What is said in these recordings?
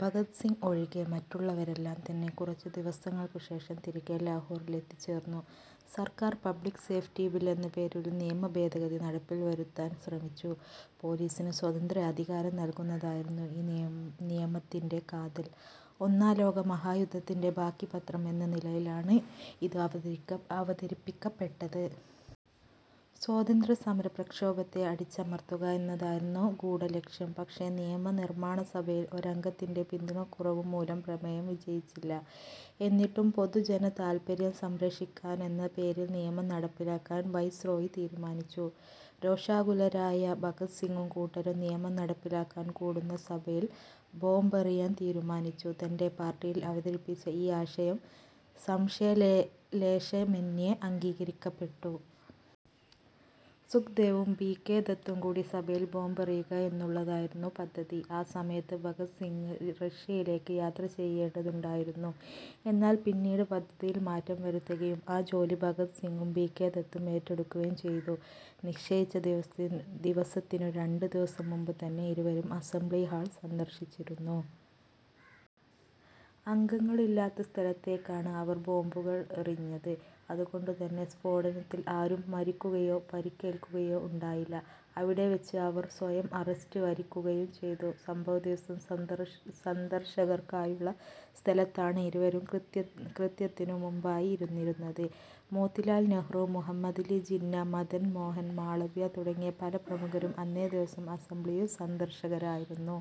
ഭഗത് സിംഗ് ഒഴികെ മറ്റുള്ളവരെല്ലാം തന്നെ കുറച്ചു ദിവസങ്ങൾക്കുശേഷം തിരികെ ലാഹോറിലെത്തിച്ചേർന്നു. സർക്കാർ പബ്ലിക് സേഫ്റ്റി ബിൽ എന്ന പേരിൽ ഒരു നിയമഭേദഗതി നടപ്പിൽ വരുത്താൻ ശ്രമിച്ചു. പോലീസിന് സ്വതന്ത്ര അധികാരം നൽകുന്നതായിരുന്നു ഈ നിയമത്തിൻ്റെ കാതൽ. ഒന്നാം ലോക മഹായുദ്ധത്തിൻ്റെ ബാക്കിപത്രം എന്ന നിലയിലാണ് ഇത് അവതരിപ്പിക്കപ്പെട്ടത്. സ്വാതന്ത്ര്യസമരപ്രക്ഷോഭത്തെ അടിച്ചമർത്തുക എന്നതായിരുന്നു ഗൂഢലക്ഷ്യം. പക്ഷേ നിയമനിർമ്മാണ സഭയിൽ ഒരംഗത്തിൻ്റെ പിന്തുണക്കുറവു മൂലം പ്രമേയം വിജയിച്ചില്ല. എന്നിട്ടും പൊതുജനതാല്പര്യം സംരക്ഷിക്കാനെന്ന പേരിൽ നിയമം നടപ്പിലാക്കാൻ വൈസ്രോയി തീരുമാനിച്ചു. രോഷാകുലരായ ഭഗത് സിംഗും കൂട്ടരും നിയമം നടപ്പിലാക്കാൻ കൂടുന്ന സഭയിൽ ബോംബെറിയാൻ തീരുമാനിച്ചു. തൻ്റെ പാർട്ടിയിൽ അവതരിപ്പിച്ച ഈ ആശയം സംശയലേശമെന്യേ അംഗീകരിക്കപ്പെട്ടു. സുഖ്ദേവും, ബി. കെ. ദത്തും കൂടി സഭയിൽ ബോംബെറിയുക എന്നുള്ളതായിരുന്നു പദ്ധതി, ആ സമയത്ത് ഭഗത് സിംഗിന് റഷ്യയിലേക്ക് യാത്രചെയ്യേണ്ടതുണ്ടായിരുന്നു. എന്നാൽ പിന്നീട് പദ്ധതിയിൽ മാറ്റം വരുത്തുകയും ആ ജോലി ഭഗത് സിംഗും ബി. കെ. ദത്തും ഏറ്റെടുക്കുകയും ചെയ്തു. നിശ്ചയിച്ച ദിവസത്തിനു രണ്ട് ദിവസം മുമ്പ് തന്നെ ഇരുവരും അസംബ്ലി ഹാൾ സന്ദർശിച്ചിരുന്നു. അംഗങ്ങൾ ഇല്ലാത്ത സ്ഥലത്തേക്കാണ് അവർ ബോംബുകൾ എറിഞ്ഞത്, അതുകൊണ്ടു തന്നെ സ്ഫോടനത്തിൽ ആരും മരിക്കുകയോ പരിക്കേൽക്കുകയോ ഉണ്ടായില്ല. അവിടെ വച്ച് അവർ സ്വയം അറസ്റ്റ് വരിക്കുകയും ചെയ്തു. സംഭവദിവസം സന്ദർശകർക്കായുള്ള സ്ഥലത്താണ് ഇരുവരും കൃത്യത്തിനുമുമ്പായി ഇരുന്നിരുന്നത്. മോത്തിലാൽ നെഹ്റു, മുഹമ്മദലി ജിന്ന, മദൻ മോഹൻ മാളവ്യ തുടങ്ങിയ പല പ്രമുഖരും അന്നേ ദിവസം അസംബ്ലിയിൽ സന്ദർശകരായിരുന്നു.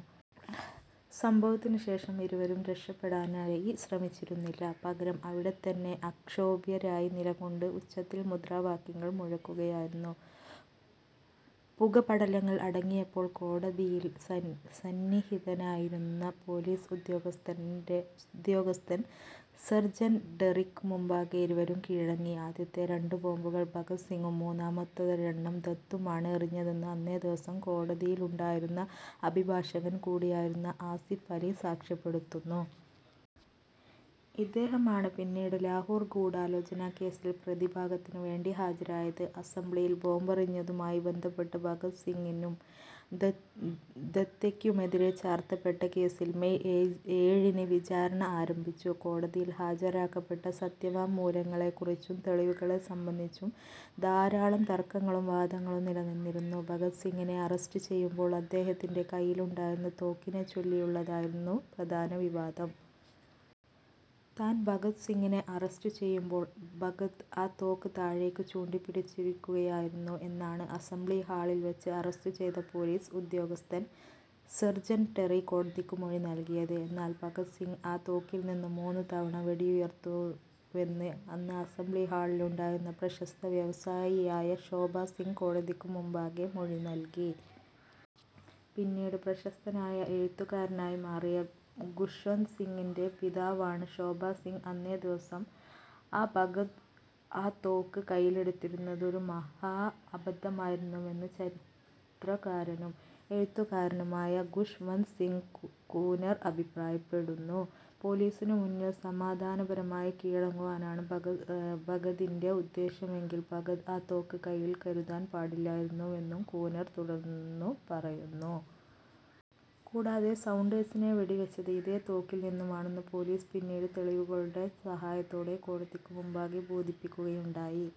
സംഭവത്തിനുശേഷം ഇരുവരും രക്ഷപ്പെടാനായി ശ്രമിച്ചിരുന്നില്ല. പകരം അവിടത്തന്നെ അക്ഷോഭ്യരായി നിലകൊണ്ട് ഉച്ചത്തിൽ മുദ്രാവാക്യങ്ങൾ മുഴക്കുകയായിരുന്നു. പുകപടലങ്ങൾ അടങ്ങിയപ്പോൾ കോടതിയിൽ സന്നിഹിതനായിരുന്ന പോലീസ് ഉദ്യോഗസ്ഥൻ സെർജൻ്റ് ടെറിക്കു മുമ്പാകെ ഇരുവരും കീഴടങ്ങി. ആദ്യത്തെ രണ്ടു ബോംബുകൾ ഭഗത് സിംഗും, മൂന്നാമതൊരെണ്ണം ദത്തും ആണ് എറിഞ്ഞതെന്ന് അന്നേ ദിവസം കോടതിയിലുണ്ടായിരുന്ന അഭിഭാഷകൻ കൂടിയായിരുന്ന അസിഫ് അലി സാക്ഷ്യപ്പെടുത്തുന്നു. ഇദ്ദേഹമാണ് പിന്നീട് ലാഹോർ ഗൂഢാലോചന കേസിൽ പ്രതിഭാഗത്തിനു വേണ്ടി ഹാജരായത്. അസംബ്ലിയിൽ ബോംബെറിഞ്ഞതുമായി ബന്ധപ്പെട്ട് ഭഗത് സിംഗിനും, ദത്തയ്ക്കുമെതിരേ ചാർത്തപ്പെട്ട കേസിൽ മെയ് ഏഴിന് വിചാരണ ആരംഭിച്ചു. കോടതിയിൽ ഹാജരാക്കപ്പെട്ട സത്യവാങ്മൂലങ്ങളെക്കുറിച്ചും തെളിവുകളെ സംബന്ധിച്ചും ധാരാളം തർക്കങ്ങളും വാദങ്ങളും നിലനിന്നിരുന്നു. ഭഗത് സിംഗിനെ അറസ്റ്റ് ചെയ്യുമ്പോൾ അദ്ദേഹത്തിൻ്റെ കയ്യിലുണ്ടായിരുന്ന തോക്കിനെച്ചൊല്ലിയുള്ളതായിരുന്നു പ്രധാന വിവാദം. താൻ ഭഗതിനെ അറസ്റ്റു ചെയ്യുമ്പോൾ ഭഗത് ആ തോക്ക് താഴേക്കു ചൂണ്ടി പിടിച്ചിരിക്കുകയായിരുന്നു എന്നാണ് അസംബ്ലി ഹാളിൽ വെച്ച് അറസ്റ്റു ചെയ്ത പോലീസ് ഉദ്യോഗസ്ഥൻ സെർജൻ്റ് ടെറി കോടതിക്കു മൊഴി നൽകിയത്. എന്നാൽ ഭഗത് സിംഗ് ആ തോക്കിൽ നിന്നും മൂന്നു തവണ വെടിയുതിർത്തുവെന്ന് അന്ന് അസംബ്ലിഹാളിലുണ്ടായിരുന്ന പ്രശസ്ത വ്യവസായിയായ ശോഭാ സിംഗ് കോടതിക്കു മുമ്പാകെ മൊഴി നൽകി. പിന്നീട് പ്രശസ്തനായ എഴുത്തുകാരനായി മാറിയ ഖുശ്വന്ത് സിംഗിൻ്റെ പിതാവാണ് ശോഭാ സിംഗ്. അന്നേ ദിവസം ഭഗത് ആ തോക്ക് കയ്യിലെടുത്തിരുന്നത് ഒരു മഹാ അബദ്ധമായിരുന്നുവെന്ന് ചരിത്രകാരനും, എഴുത്തുകാരനുമായ ഖുശ് വന്ത് സിംഗ് കൂനർ അഭിപ്രായപ്പെടുന്നു. പോലീസിനു മുന്നിൽ സമാധാനപരമായി കീഴടങ്ങുവാനാണ് ഭഗതിൻ്റെ ഉദ്ദേശ്യമെങ്കിൽ ഭഗത് ആ തോക്ക് കൈയ്യിൽ കരുതാൻ പാടില്ലായിരുന്നുവെന്നും കൂനർ തുടർന്നു പറയുന്നു. കൂടാതെ സൗണ്ടേഴ്സിനെ വെടിവെച്ചത് ഇതേ തോക്കിൽ നിന്നുമാണെന്ന് പോലീസ് പിന്നീട് തെളിവുകളുടെ സഹായത്തോടെ കോടതിക്കുമുമ്പാകെ ബോധിപ്പിക്കുകയുണ്ടായി.